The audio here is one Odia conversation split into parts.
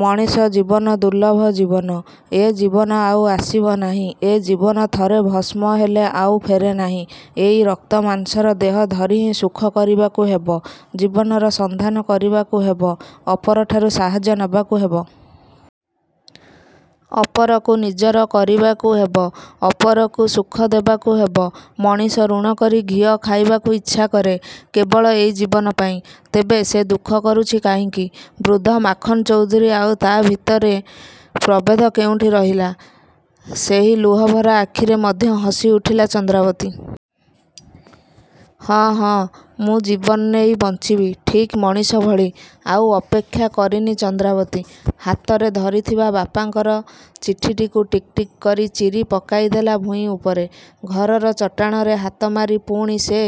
ମଣିଷ ଜୀବନ ଦୁର୍ଲଭ ଜୀବନ। ଏ ଜୀବନ ଆଉ ଆସିବ ନାହିଁ। ଏ ଜୀବନ ଥରେ ଭସ୍ମ ହେଲେ ଆଉ ଫେରେନାହିଁ। ଏଇ ରକ୍ତ ମାଂସର ଦେହ ଧରି ହିଁ ସୁଖ କରିବାକୁ ହେବ। ଜୀବନର ସନ୍ଧାନ କରିବାକୁ ହେବ। ଅପରଠାରୁ ସାହାଯ୍ୟ ନେବାକୁ ହେବ। ଅପରକୁ ନିଜର କରିବାକୁ ହେବ। ଅପରକୁ ସୁଖ ଦେବାକୁ ହେବ। ମଣିଷ ୠଣ କରି ଘିଅ ଖାଇବାକୁ ଇଚ୍ଛାକରେ, କେବଳ ଏଇ ଜୀବନପାଇଁ। ତେବେ ସେ ଦୁଃଖ କରୁଛି କାହିଁକି-? ବୃଦ୍ଧ ମାଖନ୍ ଚୌଧୁରୀ ଆଉ ତା' ଭିତରେ ପ୍ରଭେଦ କେଉଁଠି ରହିଲା। ସେହି ଲୁହଭରା ଆଖିରେ ମଧ୍ୟ ହସିଉଠିଲା ଚନ୍ଦ୍ରାବତୀ। ହଁ... ହଁ ମୁଁ ଜୀବନ ନେଇ ବଞ୍ଚିବି ଠିକ୍ ମଣିଷ ଭଳି। ଆଉ ଅପେକ୍ଷା କରିନି ଚନ୍ଦ୍ରାବତୀ। ହାତରେ ଧରିଥିବା ବାପାଙ୍କର ଚିଠିଟିକୁ ଟିକି ଟିକି କରି ଚିରି ପକାଇଦେଲା ଭୂଇଁ ଉପରେ। ଘରର ଚଟାଣରେ ହାତମାରି ପୁଣି ସେ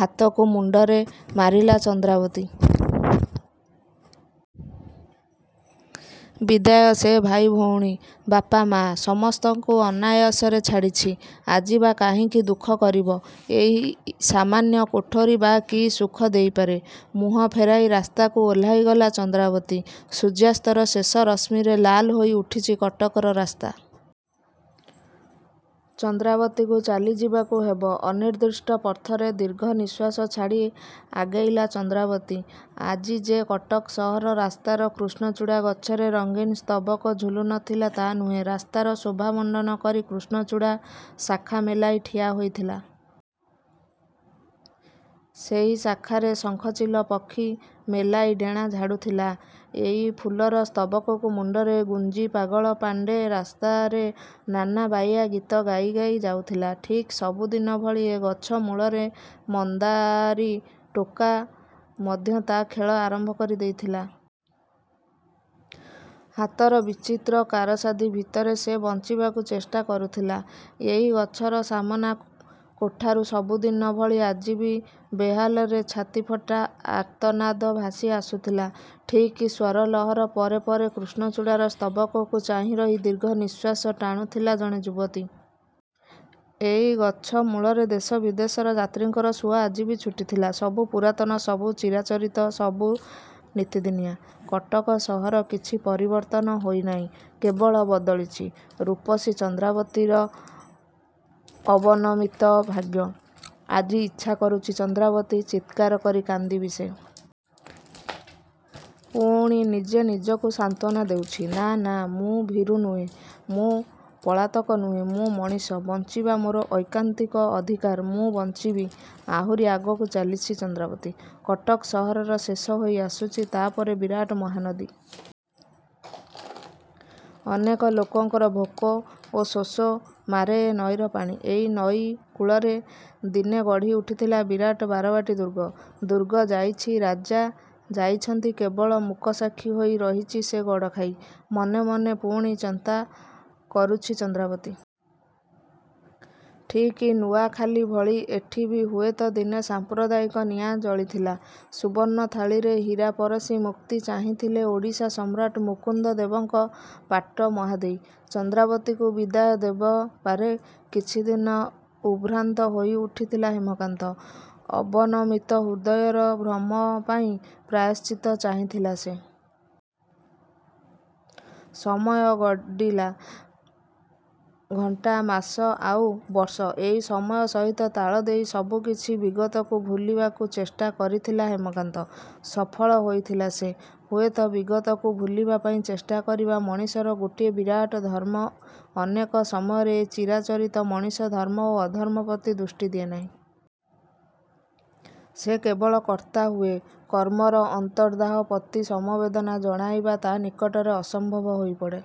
ହାତକୁ ମୁଣ୍ଡରେ ମାରିଲା ଚନ୍ଦ୍ରାବତୀ... ବିଦାୟ ସେ ଭାଇ ଭଉଣୀ... ବାପା ମାଆ... ସମସ୍ତଙ୍କୁ ଅନାୟାସରେ ଛାଡ଼ିଛି। ଆଜି ବା କାହିଁକି ଦୁଃଖ କରିବ। ଏଇ ସାମାନ୍ୟ କୋଠରୀ ବା କି ସୁଖ ଦେଇପାରେ? ମୁହଁ ଫେରାଇ ରାସ୍ତାକୁ ଓହ୍ଲାଇଗଲା ଚନ୍ଦ୍ରାବତୀ। ସୂର୍ଯ୍ୟାସ୍ତର ଶେଷ ରଶ୍ମିରେ ଲାଲ ହୋଇ ଉଠୁଛି କଟକର ରାସ୍ତା। ଚନ୍ଦ୍ରାବତୀକୁ ଚାଲିଯିବାକୁ ହେବ ଅନିର୍ଦ୍ଦଷ୍ଟ ପଥରେ ଦୀର୍ଘ ନିଃଶ୍ୱାସ ଛାଡ଼ି ଆଗେଇଲା ଚନ୍ଦ୍ରାବତୀ। ଆଜି ଯେ କଟକ ସହର ରାସ୍ତାର କୃଷ୍ଣଚୂଡ଼ା ଗଛରେ ରଙ୍ଗୀନ ସ୍ତବକ ଝୁଲୁ ନ ଥିଲା ତା' ନୁହେଁ। ରାସ୍ତାର ଶୋଭା ମଣ୍ଡନ କରି କୃଷ୍ଣଚୂଡ଼ା ଶାଖା ମେଲାଇ ଠିଆ ହୋଇଥିଲା। ସେଇ ଶାଖାରେ ଶଙ୍ଖଚିଲ ପକ୍ଷୀ ମେଲାଇ ଡେଣା ଝାଡ଼ୁଥିଲା। ଏଇ ଫୁଲର ସ୍ତବକକୁ ମୁଣ୍ଡରେ ଗୁଞ୍ଜି ପାଗଳ ପାଣ୍ଡେ ରାସ୍ତାରେ ନାନା ବାଇଆ ଗୀତ ଗାଇ ଗାଇ ଯାଉଥିଲା। ଠିକ୍ ସବୁଦିନ ଭଳି ଏ ଗଛ ମୂଳରେ ମନ୍ଦାରୀ ଟୋକା ମଧ୍ୟ ତା' ଖେଳ ଆରମ୍ଭ କରି ଦେଇଥିଲା। ହାତର ବିଚିତ୍ର କାରସାଦୀ ଭିତରେ ସେ ବଞ୍ଚିବାକୁ ଚେଷ୍ଟା କରୁଥିଲା। ଏଇ ଗଛର ସାମନା କୋଠାରୁ ସବୁଦିନ ଭଳି ଆଜି ବି ବେହାଲରେ ଛାତିଫଟା ଆର୍ତ୍ତନାଦ ଭାସି ଆସୁଥିଲା। ଠିକ ସ୍ୱରଲହର ପରେ ପରେ କୃଷ୍ଣଚୂଡ଼ାର ସ୍ତବକକୁ ଚାହିଁରହି ଦୀର୍ଘ ନିଃଶ୍ୱାସ ଟାଣୁଥିଲା ଜଣେ ଯୁବତୀ। ଏଇ ଗଛ ମୂଳରେ ଦେଶ ବିଦେଶର ଯାତ୍ରୀଙ୍କର ସୁଅ ଆଜି ବି ଛୁଟିଥିଲା। ସବୁ ପୁରାତନ, ସବୁ ଚିରାଚରିତ, ସବୁ ନିତିଦିନିଆଁ। କଟକ ସହର କିଛି ପରିବର୍ତ୍ତନ ହୋଇନାହିଁ। କେବଳ ବଦଳିଛି। ରୂପସୀ ଚନ୍ଦ୍ରାବତୀର ଅବନମିତ ଭାଗ୍ୟ। ଆଜି ଇଚ୍ଛା କରୁଛି ଚନ୍ଦ୍ରାବତୀ... ଚିତ୍କାର କରି କାନ୍ଦିବି ସେ...। ପୁଣି ନିଜେ ନିଜକୁ ସାନ୍ତ୍ୱନା ଦେଉଛି.. ନାଁ... ନାଁ... ମୁଁ ଭୀରୁ ନୁହେଁ। ମୁଁ ପଳାତକ ନୁହେଁ। ମୁଁ ମଣିଷ.. ବଞ୍ଚିବା ମୋର ଐକାନ୍ତିକ ଅଧିକାର ମୁଁ ବଞ୍ଚିବି... ଆହୁରି ଆଗକୁ ଚାଲିଛି ଚନ୍ଦ୍ରାବତୀ। କଟକ ସହରର ଶେଷ ହୋଇ ଆସୁଛି। ତା'ପରେ ବିରାଟ ମହାନଦୀ। ଅନେକ ଲୋକଙ୍କର ଭୋକ ଓ ଶୋଷ ମାରେ ଏ ନଈର ପାଣି। ଏଇ ନଈ କୂଳରେ ଦିନେ ଗଢ଼ି ଉଠିଥିଲା ବିରାଟ ବାରବାଟୀ ଦୁର୍ଗ। ଦୁର୍ଗ ଯାଇଛି, ରାଜା ଯାଇଛନ୍ତି, କେବଳ ମୂକସାକ୍ଷୀ ହୋଇ ରହିଛି ସେ ଗଡ଼ଖାଇ। ମନେ ମନେ ପୁଣି ଚାନ୍ତା କରୁଛି ଚନ୍ଦ୍ରାବତୀ...। ଠିକ୍ ନୂଆଖାଲି ଭଳି ଏଠି ବି ହୁଏତ ଦିନେ ସାମ୍ପ୍ରଦାୟିକ ନିଆଁ ଜଳିଥିଲା। ସୁବର୍ଣ୍ଣ ଥାଳିରେ ହୀରା ପରଷି ମୁକ୍ତି ଚାହିଁଥିଲେ ଓଡ଼ିଶା ସମ୍ରାଟ ମୁକୁନ୍ଦ ଦେବଙ୍କ ପାଟ ମହାଦେଈ। ଚନ୍ଦ୍ରାବତୀକୁ ବିଦାୟ ଦେବପାରେ କିଛିଦିନ ଉଦ୍ଭ୍ରାନ୍ତ ହୋଇ ଉଠିଥିଲା ହେମକାନ୍ତ। ଅବନମିତ ହୃଦୟର ଭ୍ରମପାଇଁ ପ୍ରାୟଶ୍ଚିତ ଚାହିଁଥିଲା ସେ...। ସମୟ ଗଡ଼ିଲା। ଘଣ୍ଟା.. ମାସ... ଆଉ ବର୍ଷ ଏଇ ସମୟ ସହିତ ତାଳ ଦେଇ ସବୁକିଛି ବିଗତକୁ ଭୁଲିବାକୁ ଚେଷ୍ଟା କରିଥିଲା ହେମକାନ୍ତ। ସଫଳ ହୋଇଥିଲା ସେ। ହୁଏତ ବିଗତକୁ ଭୁଲିବା ପାଇଁ ଚେଷ୍ଟା କରିବା ମଣିଷର ଗୋଟିଏ ବିରାଟ ଧର୍ମ ଅନେକ ସମୟରେ ଏ ଚିରାଚରିତ ମଣିଷ ଧର୍ମ ଓ ଅଧର୍ମ ପ୍ରତି ଦୃଷ୍ଟି ଦିଏନାହିଁ। ସେ କେବଳ କର୍ତ୍ତା ହୁଏ। କର୍ମର ଅନ୍ତର୍ଦାହ ପ୍ରତି ସମବେଦନା ଜଣାଇବା ତା' ନିକଟରେ ଅସମ୍ଭବ ହୋଇପଡ଼େ।